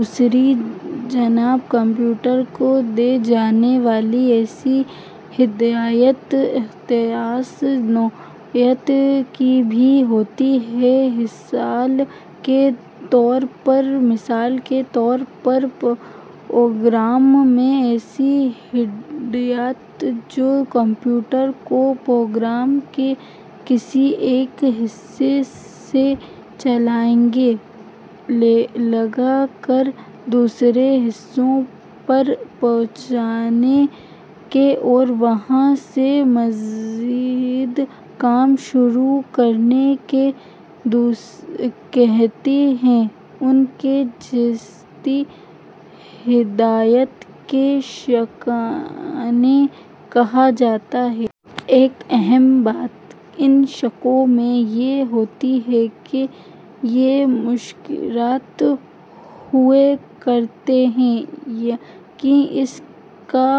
دوسری جانب کمپیوٹر کو دی جانے والی ایسی ہدایات اختصاصی نوعیت کی بھی ہوتی ہیں۔ مثال کے طور پر پروگرام میں ایسی ہدایات جو کمپیوٹر کو پروگرام کے کسی ایک حصے سے چھلانگ لگا کر دوسرے حصے پر پہنچنے کا اور وہاں سے مزید کام شروع کرنے کا کہتی ہیں، ان کو جستی ہدایات یا شاخیں کہا جاتا ہے۔ ایک اہم بات ان شاخوں میں یہ ہوتی ہے کہ یہ مشروط ہوا کرتی ہیں، یعنی اس کا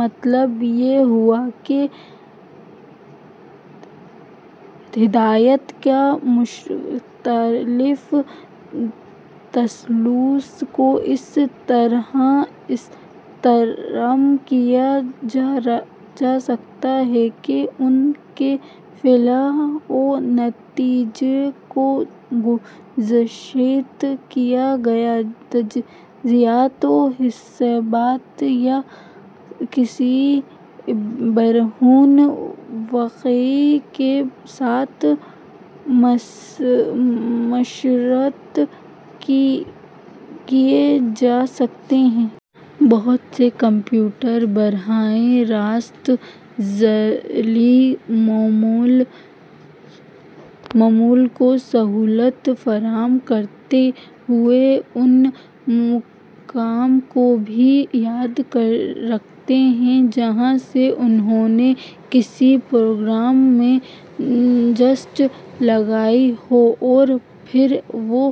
مطلب یہ ہوا کہ ہدایات کے مختلف تسلسل کو اس طرح استعمال کیا جا سکتا ہے کہ ان کے فعل و نتائج کو گزشتہ کیے گئے تجزیات و حسابات یا کسی بیرونی واقعہ کے ساتھ مشروط کیا جا سکتا ہے۔ بہت سے کمپیوٹر براہِ راست ذیلی معمول کو سہولت فراہم کرتے ہوئے اس مقام کو بھی یاد رکھتے ہیں جہاں سے انھوں نے کسی پروگرام میں جست لگائی ہو، اور پھر وہ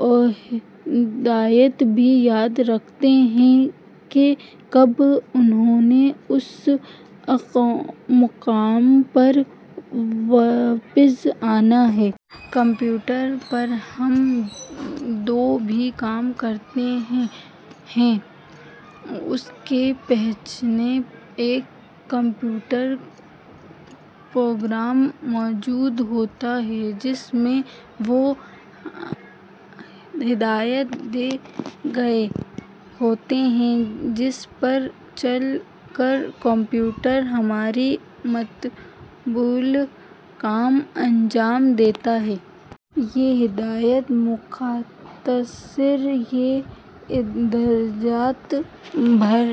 ہدایت بھی یاد رکھتے ہیں کہ کب انھیں اس مقام پر واپس آنا ہے۔ کمپیوٹر پر ہم جو بھی کام کرتے ہیں، اس کے پیچھے ایک کمپیوٹر پروگرام موجود ہوتا ہے جس میں وہ ہدایات دی گئی ہوتی ہیں جن پر چل کر کمپیوٹر ہمارے مطلوبہ کام انجام دیتا ہے۔ یہ ہدایات مختصر یا درجن بھر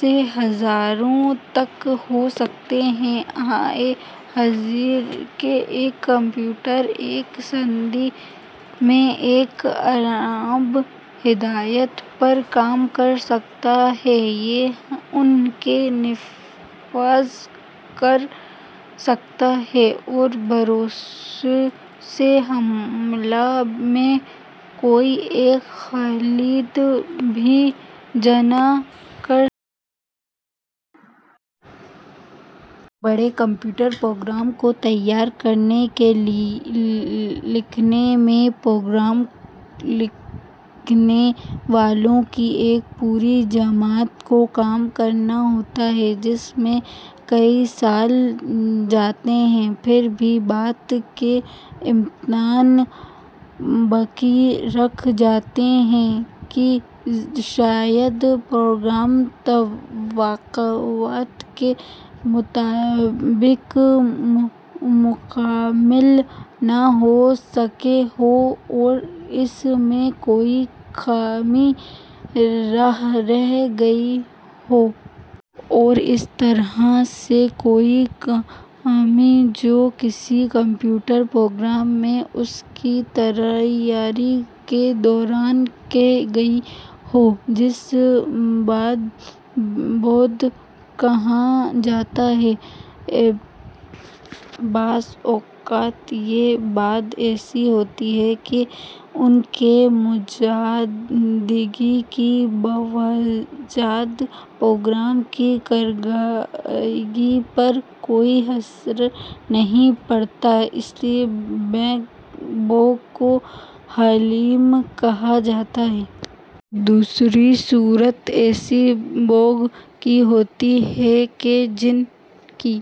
سے ہزاروں تک ہو سکتی ہیں۔ عہد حاضر کا ایک کمپیوٹر ایک ثانیے میں ایک ارب ہدایات پر کام کر سکتا ہے یا ان کا نفاذ کر سکتا ہے، اور برسوں اس عمل میں کوئی ایک غلطی بھی نہیں کرتا۔ بڑے کمپیوٹر پروگرام کو تیار کرنے یا لکھنے میں پروگرام لکھنے والوں کی ایک پوری جماعت کو کام کرنا ہوتا ہے، جس میں کئی سال لگ جاتے ہیں۔ پھر بھی اس بات کا امکان باقی رہ جاتا ہے کہ شاید پروگرام توقعات کے مطابق مکمل نہ ہو سکا ہو اور اس میں کوئی خامی رہ گئی ہو۔ اور اس طرح کی کوئی خامی جو کسی کمپیوٹر پروگرام میں اس کی تیاری کے دوران رہ گئی ہو، اسے بگ کہا جاتا ہے۔ بعض اوقات یہ بگ ایسے ہوتے ہیں کہ ان کی موجودگی کے باوجود پروگرام کی کارکردگی پر کوئی اثر نہیں پڑتا، ایسے بگ کو حلیم کہا جاتا ہے۔ جبکہ دوسری صورت ایسے بگ کی ہوتی ہے کہ جن کی...